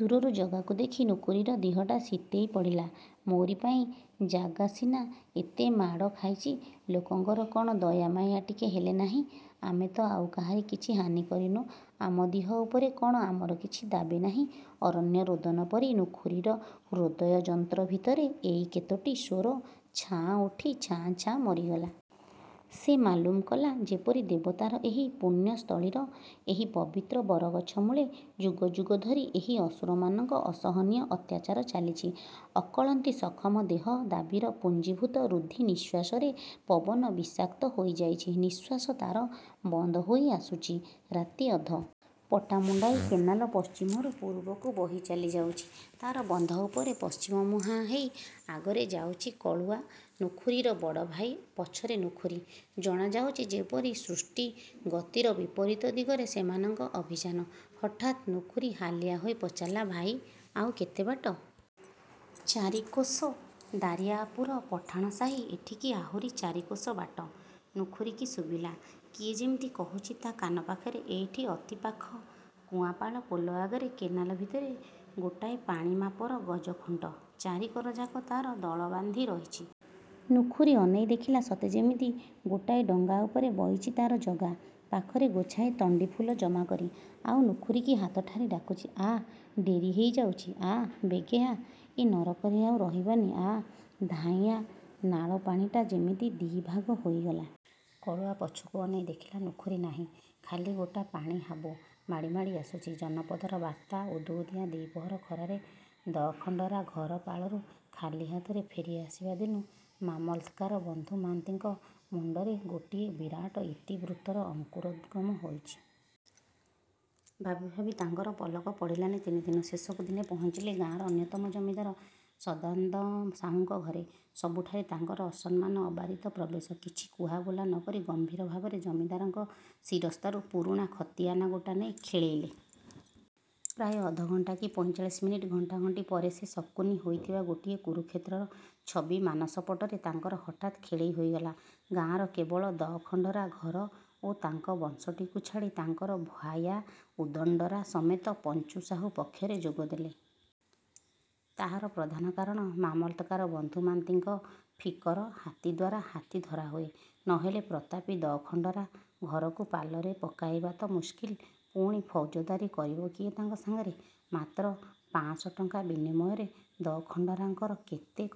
ଦୂରରୁ ଜଗାକୁ ଦେଖି ନୁଖୁରୀର ଦିହଟା ଶୀତେଇ ପଡ଼ିଲା–ମୋରି ପାଇଁ ଜାଗା ସିନା ଏତେ ମାଡ଼ ଖାଇଚି! ଲୋକଙ୍କର କଣ ଦୟାମାୟା ଟିକେ ହେଲେ ନାହିଁ–ଆମେ ତ ଆଉ କାହାରି କିଛି ହାନି କରିନୁ, ଆମ ଦିହ ଉପରେ କଣ ଆମର କିଛି ଦାବି ନାଇଁ– ଅରଣ୍ୟରୋଦନ ପରି ନୁଖୁରୀର ହୃଦୟଯନ୍ତ୍ର ଭିତରେ ଏଇ କେତୋଟି ସ୍ୱର ଛାଁ ଉଠି ଛାଁ ଛାଁ ମରିଗଲା। ସେ ମାଲୁମ କଲା, ଯେପରି ଦେବତାର ଏହି ପୁଣ୍ୟସ୍ଥଳୀର ଏହି ପବିତ୍ର ବରଗଛମୂଳେ ଯୁଗଯୁଗ ଧରି ଏହି ଅସୁରମାନଙ୍କ ଅସହନୀୟ ଅତ୍ୟାଚାର ଚାଲିଛି। ଅକଳନ୍ତି ସଖମ ଦେହ–ଦାବିର ପୁଞ୍ଜିଭୂତ ରୁଦ୍ଧି ନିଃଶ୍ୱାସରେ ପବନ ବିଷାକ୍ତ ହୋଇ ଯାଇଚି ନିଃଶ୍ୱାସ ତାର ବନ୍ଦ ହୋଇ ଆସୁଚି– ରାତି ଅଧ। ପଟାମୁଣ୍ଡାଇ କେନାଲ ପଶ୍ଚିମରୁ ପୂରୁବକୁ ବହି ଚାଲିଯାଉଚି। ତା'ର ବନ୍ଧ ଉପରେ ପଶ୍ଚିମମୁହାଁ ହେଇ ଆଗରେ ଯାଉଚି କଳୁଆ, ନୁଖୁରୀର ବଡ଼ଭାଇ, ପଛରେ ନୁଖୁରୀ। ଜଣାଯାଉଚି, ଯେପରି ସୃଷ୍ଟି–ଗତିର ବିପରୀତ ଦିଗରେ ସେମାନଙ୍କ ଆଭିଯାନ। ହଠାତ୍ ନୁଖୁରୀ ହାଲିଆ ହୋଇ ପଚାରିଲା–ଭାଇ, ଆଉ କେତେ ବାଟ–? –ଚାରିକୋଶ, ଦାରିଆ ପୁର ପଠାଣ ସାହି ଏଠିକି ଆହୁରି ଚାରିକୋଶ ବାଟ। ନୁଖୁରୀକି ଶୁଭିଲା, କିଏ ଯେମିତି କହୁଚି, ତା' କାନ ପାଖରେ,–ଏଇଠି, ଅତି ପାଖ– କୁଆଁପାଳ ପୋଲ ଆଗରେ କେନାଲ ଭିତରେ ଗୋଟାଏ ପାଣି ମାପର ଗଜଖୁଣ୍ଟ, ଚାରି କରଯାକ ତାର ଦଳବାନ୍ଧି ରହିଚି। ନୁଖୁରୀ ଅନେଇ ଦେଖିଲା ସତେ ଯେମିତି ଗୋଟାଏ ଡଙ୍ଗା ଉପରେ ବଇଚି ତାର ଜଗା, ପାଖରେ ଗୋଛାଏ ତଣ୍ଡି ଫୁଲ ଜମାକରି। ଆଉ ନୁଖୁରୀକି ହାତଠାରି ଡାକୁଚି। –ଆ, ଡେରି ହେଇ ଯାଉଚି–ଆ, ବେଗେ ଆ, ଏ ନରକରେ ଆଉ ରହିବାନି–ଆ, ଧାଇଁଆ– ନାଳ ପାଣିଟା ଯେମିତି ଦି' ଭାଗ ହୋଇଗଲା। କଳୁଆ ପଛକୁ ଅନେଇ ଦେଖିଲା ନୁଖୁରୀ ନାହିଁ। ଖାଲି ଗୋଟା ପାଣି ହାବୁ। ମାଡ଼ି ମାଡ଼ି ଆସୁଚି। ଜନପଦର ବାର୍ତ୍ତା ଉଦୁଉଦିଆ ଦିପହର ଖରାରେ ଦଖଣ୍ଡରା' ଘର ପାଳରୁ ଖାଲି ହାତରେ ଫେରି ଆସିବା ଦିନୁ ମାମଲତ୍କାର ବନ୍ଧୁ ମା'ନ୍ତିଙ୍କ ମୁଣ୍ଡରେ ଗୋଟିଏ ବିରାଟ ଇତିବୃତ୍ତର ଅଙ୍କୁରୋଦ୍ଗମ ହୋଇଚି-। ଭାବିଭାବି ତାଙ୍କର ପଲକ ପଡ଼ିଲାନି ତିନି ଦିନ। ଶେଷକୁ ଦିନେ ପହଞ୍ଚିଲେ ଗାଁର ଅନ୍ୟତମ ଜମିଦାର ସଦା'ନ୍ଦ ସାହୁଙ୍କ ଘରେ। ସବୁଠାରେ ତାଙ୍କର ସସମ୍ମାନ ଅବାରିତ ପ୍ରବେଶ। କିଛି କୁହା ବୋଲା ନ କରି ଗମ୍ଭୀର ଭାବରେ ଜମିଦାରଙ୍କ ଶିରସ୍ତାରୁ ପୁରୁଣା ଖତିଆନା ଗୋଟା ନେଇ ଖେଳେଇଲେ। ପ୍ରାୟ ଅଧ ଘଣ୍ଟା କି ପଇଁଚାଳିଶ ମିନିଟ୍ ଘଣ୍ଟାଘଣ୍ଟି ପରେ ସେ ଶକୁନି ହୋଇଥିବା ଗୋଟିଏ କୁରୁକ୍ଷେତ୍ରର ଛବି ମାନସ ପଟରେ ତାଙ୍କର ହଠାତ୍ ଖେଳେଇ ହୋଇଗଲା। ଗାଁର କେବଳ ଦଖଣ୍ଡରା' ଘର ଓ ତାଙ୍କ ବଂଶଟିକୁ ଛାଡ଼ି ତାଙ୍କର ଭାୟା ଉଦଣ୍ଡରା' ସମେତ ପଞ୍ଚୁ ସାହୁ ପକ୍ଷରେ ଯୋଗ ଦେଲେ। ତାହାର ପ୍ରଧାନ କାରଣ, ମାମଲତ୍କାର ବନ୍ଧୁ ମା'ନ୍ତିଙ୍କ ଫିକର, ହାତୀଦ୍ୱାରା ହାତୀ ଧରା ହୁଏ। ନ ହେଲେ ପ୍ରତାପୀ ଦଖଣ୍ଡରା'–ଘରକୁ ପାଲରେ ପକାଇବା ତ ମୁସ୍କିଲ୍, ପୁଣି ଫୌଜଦାରୀ କରିବ କିଏ ତାଙ୍କ ସାଙ୍ଗରେ। ମାତ୍ର ପାଁଶ'ଟଙ୍କା ବିନିମୟରେ ଦଖଣ୍ଡରା'ଙ୍କର କେତେକ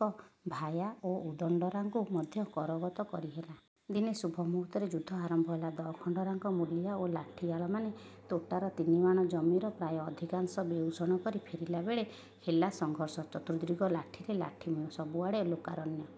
ଭାୟା ଓ ଉଦଣ୍ଡରା'ଙ୍କୁ ମଧ୍ୟ କରଗତ କରିହେଲା। ଦିନେ ଶୁଭ ମୁହୂର୍ତ୍ତରେ ଯୁଦ୍ଧ ଆରମ୍ଭ ହେଲା। ଦଖଣ୍ଡରା'ଙ୍କ ମୂଲିଆ ଓ ଲାଠିଆଳମାନେ ତୋଟାର ତିନିମାଣ ଜମିର ପ୍ରାୟ ଅଧିକାଂଶ ବେଉଷଣ କରି ଫେରିବାବେଳେ, ହେଲା ସଂଘର୍ଷ। ଚତୁର୍ଦ୍ଦିଗ ଲାଠିରେ ଲାଠିମୟ। ସବୁଆଡ଼େ ଲୋକାରଣ୍ୟ,